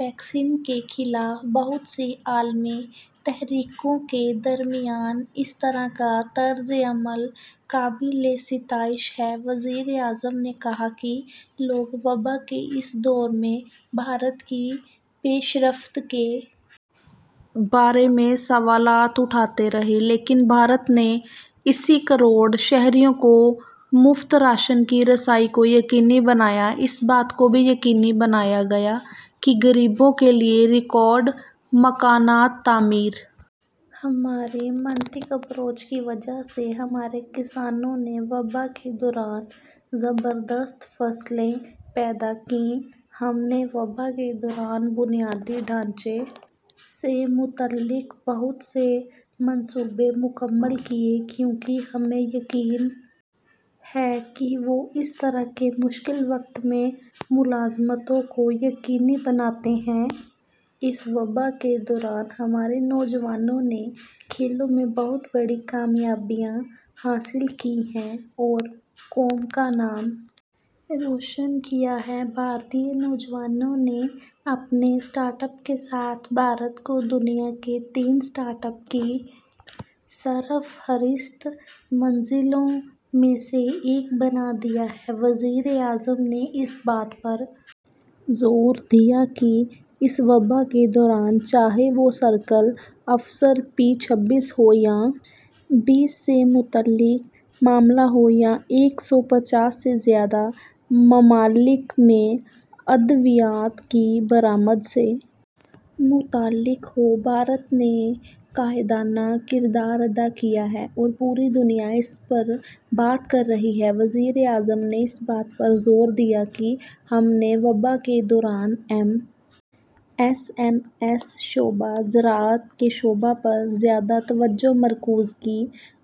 vaccine کے خلاف بہت سی عالمی تحریکوں کے درمیان اس طرح کا طرز عمل قابل ستائش ہے وزیر اعظم نے کہا کہ لوگ وبا کے اس دور میں بھارت کی پیش رفت کے بارے میں سوالات اٹھاتے رہے لیکن بھارت نے اسی کروڑ شہریوں کو مفت راشن کی رسائی کو یقینی بنایا اس بات کو بھی یقینی بنایا گیا کہ غریبوں کے لیے ریکارڈ مکانات تعمیر ہماری منطقی اپروچ کی وجہ سے ہمارے کسانوں نے وبا کے دوران زبردست فصلیں پیدا کیں ہم نے وبا کے دوران بنیادی ڈھانچے سے متعلق بہت سے منصوبے مکمل کیے کیونکہ ہمیں یقین ہے کہ وہ اس طرح کے مشکل وقت میں ملازمتوں کو یقینی بناتے ہیں اس وبا کے دوران ہمارے نوجوانوں نے کھیلوں میں بہت بڑی کامیابیاں حاصل کی ہیں اور قوم کا نام روشن کیا ہے بھارتی نوجوانوں نے اپنے اسٹارٹ اپس کے ساتھ بھارت کو دنیا کے تین اسٹارٹ اپس کی سرفہرست منزلوں میں سے ایک بنا دیا ہے وزیر اعظم نے اس بات پر زور دیا کہ اس وبا کے دوران چاہے وہ سی او پی چھبیس ہو یا جی بیس سے متعلق معاملہ ہو یا ایک سو پچاس سے زائد ممالک میں ادویات کی برآمد سے متعلق ہو بھارت نے قائدانہ کردار ادا کیا ہے اور پوری دنیا اس پر بات کر رہی ہے وزیر اعظم نے اس بات پر زور دیا کہ ہم نے وبا کے دوران ایم ایس ایم ای شعبے اور زراعت کے شعبے پر زیادہ توجہ مرکوز کی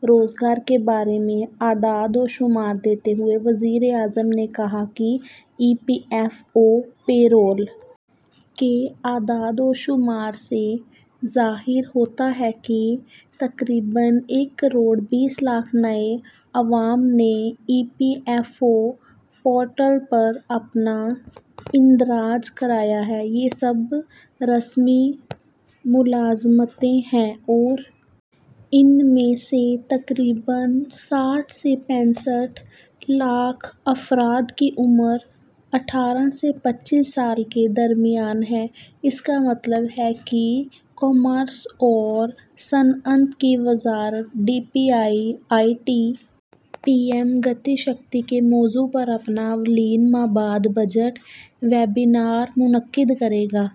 روزگار کے بارے میں اعداد و شمار دیتے ہوئے وزیر اعظم نے کہا کہ E P F O payroll کے اعداد و شمار سے ظاہر ہوتا ہے کہ تقریباً ایک کروڑ بیس لاکھ نئے عوام نے E P F O portal پر اپنا اندراج کرایا ہے یہ سب رسمی ملازمتیں ہیں اور ان میں سے تقریباً ساٹھ سے پینسٹھ لاکھ افراد کی عمر اٹھارہ سے پچیس سال کے درمیان ہے اس کا مطلب ہے کہ کامرس اور صنعت کی وزارت D P I I T P M Gati Shakti کے موضوع پر اپنا اولین مابعد بجٹ ویبینار منعقد کرے گا